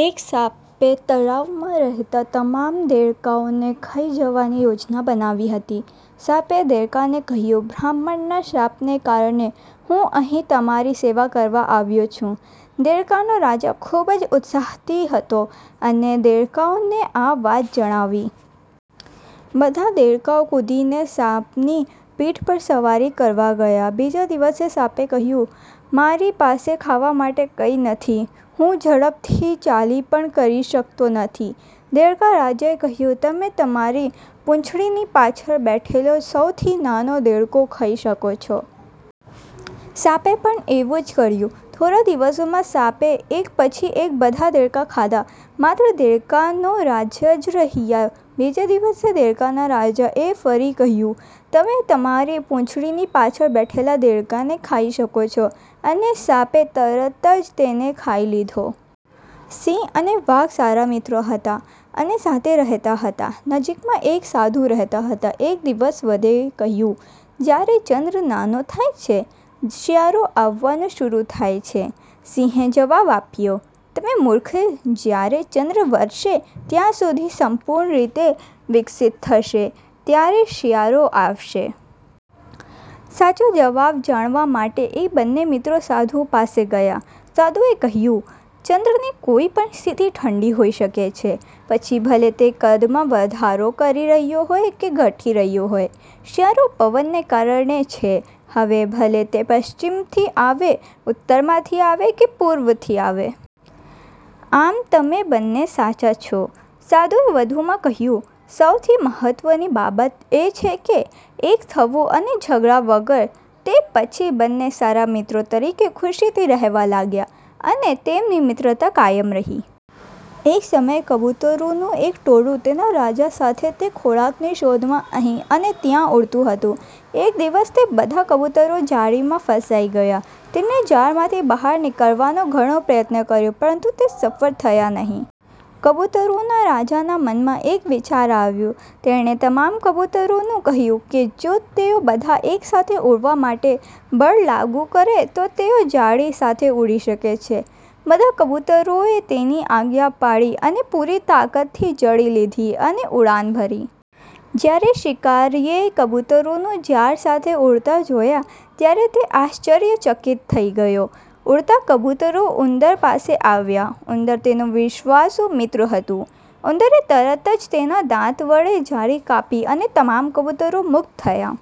એક સાપે તળાવમાં રહેતા તમામ દેડકાઓને ખાઈ જવાની યોજના બનાવી હતી. સાપે દેડકાને કહ્યું, 'બ્રાહ્મણના શાપને કારણે હું અહીં તમારી સેવા કરવા આવ્યો છું. 'દેડકાનો રાજા ખૂબ જ ઉત્સાહિત હતો અને દેડકાઓને આ વાત જણાવી. બધા દેડકાઓ કૂદીને સાપની પીઠ પર સવારી કરવા ગયા. બીજા દિવસે, સાપે કહ્યું, ' મારી પાસે ખાવા માટે કંઈ નથી. હું ઝડપથી ચાલી પણ કરી શકતો નથી. ' દેડકા રાજાએ કહ્યું,' તમે તમારી પૂંછડીની પાછળ બેઠેલો સૌથી નાનો દેડકો ખાઈ શકો છો. 'સાપે પણ એવું જ કર્યું. થોડા દિવસોમાં સાપે એક પછી એક બધા દેડકા ખાધા. માત્ર દેડકા નો રાજા જ રહ્યા. બીજે દિવસે, દેડકાના રાજા એ ફરી કહ્યું, ' તમે તમારી પૂંછડીની પાછળ બેઠેલા દેડકાને ખાઈ શકો છો ' અને સાપે તરત જ તેને ખાઈ લીધો. સિંહ અને વાઘ સારા મિત્રો હતા અને સાથે રહેતા હતા. નજીકમાં એક સાધુ રહેતા હતા. એક દિવસ, વાઘે કહ્યું, "જ્યારે ચંદ્ર નાનો થાય છે, શિયાળો આવવાનું શરૂ થાય છે. સિંહે જવાબ આપ્યો, "તમે મૂર્ખ, જ્યારે ચંદ્ર વધશે ત્યાં સુધી સંપૂર્ણ રીતે વિકસિત થશે, ત્યારે શિયાળો આવશે. સાચો જવાબ જાણવા માટે એ બંને મિત્રો સાધુ પાસે ગયા. સાધુએ કહ્યું, "ચંદ્રની કોઈપણ સ્થિતિ ઠંડી હોઈ શકે છે, પછી ભલે તે કદમાં વધારો કરી રહી હોય કે ઘટી રહી હોય. શિયાળો પવનને કારણે છે, હવે ભલે તે પશ્ચિમથી આવે, ઉત્તરમાંથી આવે કે પૂર્વથી આવે. આમ, તમે બંને સાચા છો. સાધુએ વધુમાં કહ્યું, "સૌથી મહત્વની બાબત એ છે કે એક થવું અને ઝઘડા વગર. તે પછી બંને સારા મિત્રો તરીકે ખુશીથી રહેવા લાગ્યા, અને તેમની મિત્રતા કાયમ રહી. એક સમયે કબૂતરોનું એક ટોળું, તેના રાજા સાથે તે ખોરાકની શોધમાં અહીં અને ત્યાં ઉડતું હતું. એક દિવસ તે બધા કબૂતરો જાળીમાં ફસાઈ ગયા. તેણે જાળમાંથી બહાર નીકળવાનો ઘણો પ્રયત્ન કર્યો પરંતુ તે સફળ થયા નહીં. કબૂતરોના રાજાના મનમાં એક વિચાર આવ્યો. તેણે તમામ કબૂતરોને કહ્યું કે જો તેઓ બધા એક સાથે ઉડવા માટે બળ લાગુ કરે તો તેઓ જાળી સાથે ઉડી શકે છે. બધા કબૂતરોએ તેની આજ્ઞા પાળી અને પૂરી તાકાતથી જાળી લીધી અને ઉડાન ભરી. જ્યારે શિકારીએ કબૂતરોને જાળ સાથે ઉડતા જોયા ત્યારે તે આશ્ચર્યચકિત થઈ ગયો. ઉડતા કબૂતરો ઉંદર પાસે આવ્યા. ઉંદર તેનો વિશ્વાસુ મિત્ર હતો. ઉંદરે તરત જ તેના દાંત વડે જાળી કાપી અને તમામ કબૂતરો મુક્ત થયા.